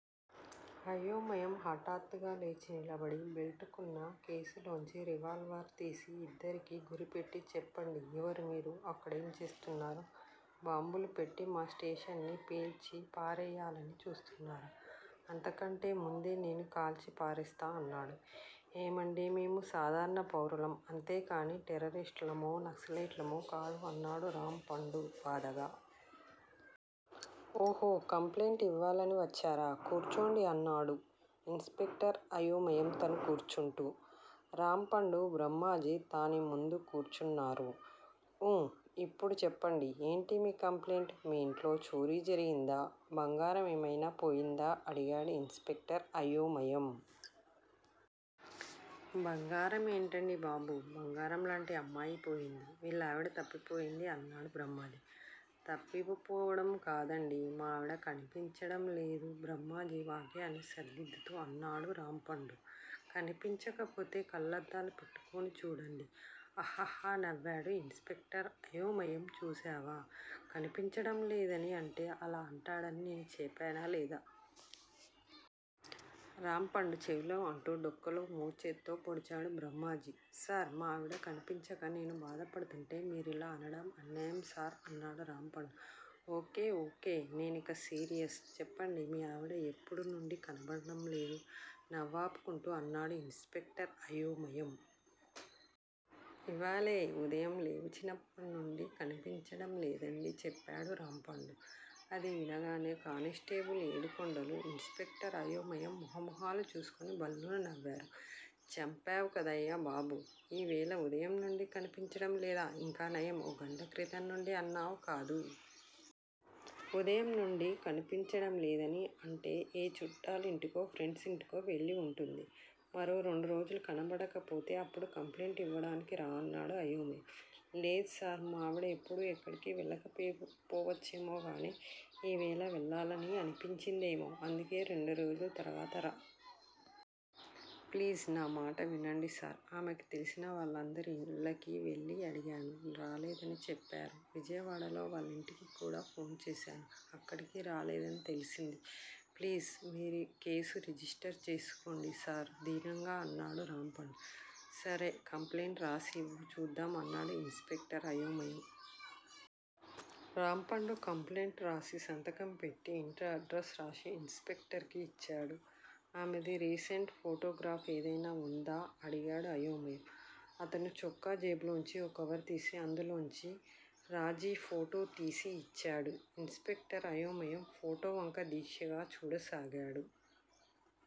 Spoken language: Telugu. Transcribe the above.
అయోమయం హాఠాత్తుగా లేచి నిలబడి బెల్టుకున్న కేసులోంచి రివాల్వర్ తీసి ఇద్దరకీ గురిపెట్టి చెప్పండి ఎవరు మీరు? అక్కడేం చేస్తున్నారు? బాంబులు పెట్టి మా స్టేషన్ని పేల్చి పారేయ్యాలని చూస్తున్నారా? అంతకంటే ముందే నేను కాల్చి పారేస్తా అన్నాడు. ఏమండీ మేము సాధారణ పౌరులం అంతేకానీ టెర్రరిస్టులమో, నక్సలైట్లమో కాదు అన్నాడు రాంపండు బాధగా. ఓహొ కంప్లైంట్ యివ్వాలని వచ్చారా? కూర్చోండి అన్నాడు ఇన్స్ సెక్టార్ అయోమయం తను కూర్చుంటూ. రాంపండు, బ్రహ్మాజీ తాని ముందు కూర్చ్గున్నారు. ఊ ఇప్పుడు చెప్పండి ఏంటి మీ కంప్లైంట్? మీ ఇంట్లో చోరీ జరిగిందా? బంగారం ఏమైనా పోయిందా? అడిగాడు ఇన్స్ సెక్టార్ అయోమయం. బంగారం ఏంటండీ బాబూ! బంగారంలాంటి అమ్మాయ్ పోయింది. వీళ్ళా విడ తప్పిపోయింది అన్నాడు బ్రహ్మాజీ. తప్పిపోవడం కాదండీ! మా ఆవిడా కనిపించటంలేదు బ్రహ్మాజీ వాక్యాన్ని సరిదిద్దుతూ అన్నాడు రాంపండు. కనిపించకపోతే కళ్ళద్దాలు పెట్టుకుని చూడండి. హహహ నవ్వాడు ఇన్స్ సెక్టార్ అయోమయం చూశావా! కనిపించటం లేదని అంటే అలా అంటాడని నేను చేపానా లేదా? రాంపండు చెవిలో అంటూ డొక్కలో మోచేత్తో పొడిచాడు బ్రహ్మాజీ. సార్! మా ఆవిడ కనిపించక నేను బాధ పడుతుంటే మీరిలా అనడం అన్యాయం సార్ అన్నాడు రాంపండు. ఒక్కే ఒక్కే నేనిక సీరియస్! చెప్పండి మీ ఆవిడా ఎప్పుడు నుండి కనిపించడంలేదు? నవ్వాపుకుంటూ అన్నాడు ఇన్స్ సెక్టార్ అయోమయం. ఈ వేళ ఉదయం లేచినప్పటినుండీ కనపడ్డంలేదండీ చెప్పాడు రాంపండు. అది వినగానే కాని స్టేబుల్ ఏడుకొండలూ, ఇన్స్ సెక్టార్ అయోమయం మోహమోహాలు చూసుకుని భళ్ళున నవ్వారు. చంపేవ్ కదయ్యా బాబూ! ఈ వేళ ఉదయం నుండి కనిపించటంలేదా? ఇంకానయం. ఓ గంట క్రితం నుండి అన్నావ్ కాదు. ఉదయం నుండీ కనిపించడం లేదని అంటే ఏ చూట్టాలింటికో, ప్రెండ్స్ యింటికో వెళ్ళి వుంటుంది. మరో రెండురోజులు కనబడకపోతే అప్పుడు కంప్లైంటు యివ్వడానికి రా అన్నాడు అయోమయం. లేద్సార్! మా ఆవిడ ఎప్పుడు ఎక్కడికీ వెళ్ళకపోవచ్చేమోగానీ ఈ వేళ వెళ్ళాలని అనిపించిందేమో. అందుకే రెండు రోజుల తర్వాత రా. ప్లీజ్! న మాట వినండి సార్! ఆమెకి తెలిసిన వాళ్ళందరి ఇళ్ళకి వెళ్ళి అడిగాను. రాలేదని చెప్పారు. విజయవాడలో వాళ్ళింటికి కూడా ఫోన్ చేశాను. అక్కడకీ రాలేదని తెల్సింది. ప్లీజ్! మీరు కేస్ రిజిస్టర్ చేసుకోండి సార్ దీనంగా అన్నాడు రాంపండు. సరే! కంప్లెయింట్ రాసివ్వు చూద్దాం అన్నాడు ఇన్స్ సెక్టార్ అయోమయం. రాంపండు కంప్లైంట్ రాసి సంతకం పెట్టి ఇంటి ఆడ్రస్ రాసి ఇన్ స్పెక్టర్ కి యిచ్చాడు. ఆమెది రీ సెంట్ ఫోటోగ్రాఫ్ ఏదైనా వుందా? అడిగాడు అయోమయం. అతను చొక్కా జేబులోంచి ఓ కవరు తీసి అందులోంచి రాజీ ఫోటోతీసి యిచ్చాడు. ఇన్స్ సెక్టార్ అయోమయం ఫోటోవంక దీక్షగా చూడసాగాడు.